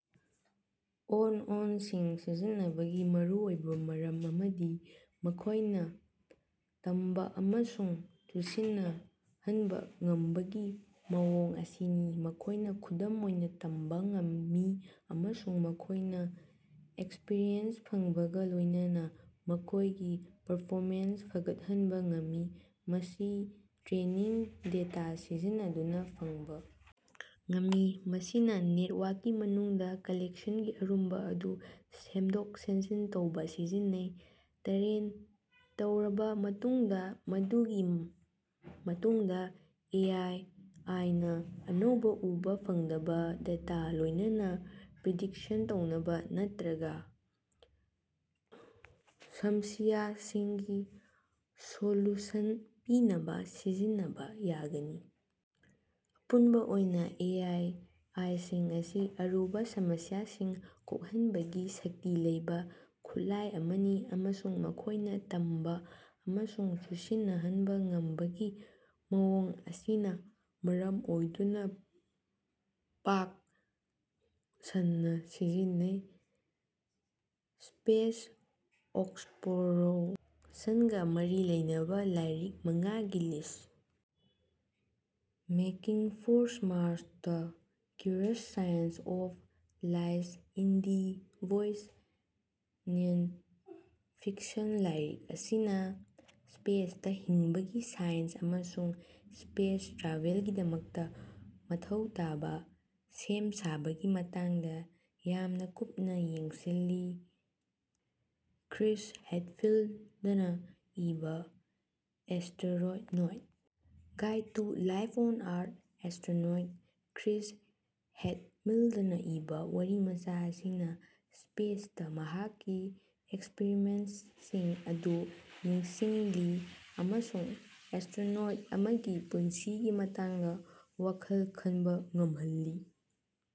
And N ꯁꯤꯡ ꯁꯤꯖꯤꯟꯅꯕꯒꯤ ꯃꯔꯨꯑꯣꯏꯕ ꯃꯔꯝ ꯑꯃꯗꯤ ꯃꯈꯣꯏꯅ ꯇꯝꯕ ꯑꯃꯁꯨꯡ ꯆꯨꯁꯤꯟꯅꯍꯟꯕ ꯉꯝꯕꯒꯤ ꯃꯑꯣꯡ ꯑꯁꯤꯅꯤ꯫ ꯃꯈꯣꯏꯅ ꯈꯨꯗꯝ ꯑꯣꯏꯅ ꯇꯝꯕ ꯉꯝꯃꯤ ꯑꯃꯁꯨꯡ ꯃꯈꯣꯏꯅ ꯑꯦꯛꯁꯄꯔꯤꯌꯦꯟꯁ ꯐꯪꯕꯒ ꯂꯣꯏꯅꯅ ꯃꯈꯣꯏꯒꯤ ꯄꯔꯐꯣꯃꯦꯟꯁ ꯐꯒꯠꯍꯟꯕ ꯉꯝꯃꯤ꯫ ꯃꯁꯤ ꯇꯔꯦꯅꯤꯡ ꯗꯦꯇꯥ ꯁꯤꯖꯤꯟꯅꯗꯨꯅ ꯐꯪꯕ ꯉꯝꯃꯤ ꯃꯁꯤꯅ ꯅꯦꯠꯋꯥꯛꯀꯤ ꯃꯅꯨꯡꯗ ꯀꯅꯦꯛꯁꯟꯒꯤ ꯑꯔꯨꯝꯕ ꯑꯗꯨ ꯁꯦꯝꯗꯣꯛ ꯁꯦꯝꯖꯤꯟ ꯇꯧꯕꯗ ꯁꯤꯖꯤꯟꯅꯩ꯫ ꯇꯔꯦꯟ ꯇꯧꯔꯕ ꯃꯇꯨꯡꯗ ꯃꯗꯨꯒꯤ ꯃꯇꯨꯡꯗ ꯑꯦ ꯑꯦꯟ ꯑꯦꯟ ꯅ ꯑꯅꯧꯕ ꯎꯕ ꯐꯪꯗꯕ ꯗꯦꯇꯥꯒ ꯂꯣꯏꯅꯅ ꯄ꯭ꯔꯤꯗꯤꯛꯁꯟ ꯇꯧꯅꯕ ꯅꯠꯇ꯭ꯔꯒ ꯁꯃꯁꯤꯌꯥꯁꯤꯡꯒꯤ ꯁꯣꯂꯨꯁꯟ ꯄꯤꯅꯕ ꯁꯤꯖꯤꯟꯅꯕ ꯌꯥꯒꯅꯤ꯫ ꯑꯄꯨꯟꯕ ꯑꯣꯏꯅ ꯑꯦ ꯑꯦꯟ ꯑꯦꯟ ꯁꯤꯡ ꯑꯁꯤ ꯑꯔꯨꯕ ꯁꯃꯁꯤꯌꯥꯁꯤꯡ ꯀꯣꯛꯍꯟꯅꯕꯒꯤ ꯁꯛꯇꯤ ꯂꯩꯕ ꯈꯨꯠꯂꯥꯏ ꯑꯃꯅꯤ ꯑꯃꯁꯨꯡ ꯃꯈꯣꯏꯅ ꯇꯝꯕ ꯑꯃꯁꯨꯡ ꯆꯨꯁꯤꯟꯅꯍꯟꯕ ꯉꯝꯕꯒꯤ ꯃꯑꯣꯡ ꯑꯁꯤꯅ ꯃꯔꯝ ꯑꯣꯏꯗꯨꯅ ꯄꯥꯛ ꯁꯟꯅꯥꯁꯤꯖꯤꯟꯅꯩ꯫ ꯁꯄꯦꯁ ꯑꯦꯛꯁꯄꯂꯣꯔꯦꯁꯟꯒ ꯃꯔꯤ ꯂꯩꯅꯕ ꯂꯥꯏꯔꯤꯛ ꯃꯉꯥꯒꯤ ꯂꯤꯁ Packing for Mars the curious science of life in the void non fiction ꯂꯥꯏꯔꯤꯛ ꯑꯁꯤꯅ ꯁꯄꯦꯁꯇ ꯍꯤꯡꯕꯒꯤ ꯁꯥꯏꯟꯁ ꯑꯃꯁꯨꯡ ꯁꯄꯦꯁ ꯇ꯭ꯔꯥꯚꯦꯜꯒꯤꯗꯃꯛꯇ ꯃꯊꯧ ꯇꯥꯕ ꯁꯦꯝ ꯁꯥꯕꯒꯤ ꯃꯇꯥꯡꯗ ꯌꯥꯃꯅ ꯀꯨꯞꯅ ꯌꯦꯡꯁꯤꯜꯂꯤ꯫ ꯀ꯭ꯔꯤꯁ ꯍꯦꯗꯐꯤꯜꯗꯅ ꯏꯕꯥ astronaut's guide to life on Earth astronaut Chris ꯍꯦꯗꯐꯤꯜꯗꯅ ꯏꯕꯥ ꯋꯥꯔꯤꯃꯆꯥ ꯑꯁꯤꯅ ꯁꯄꯦꯁꯇ ꯃꯍꯥꯛꯀꯤ ꯑꯦꯛꯁꯄꯔꯤꯌꯦꯟꯁꯁꯤꯡ ꯑꯗꯨ ꯅꯤꯡꯁꯤꯡꯂꯤ ꯑꯃꯁꯨꯡ ꯑꯦꯁꯇꯔꯣꯅꯣꯠ ꯑꯃꯒꯤ ꯄꯨꯟꯁꯤꯒꯤ ꯃꯇꯥꯡꯗ ꯋꯥꯈꯜ ꯈꯟꯕ ꯉꯝꯍꯜꯂꯤ꯫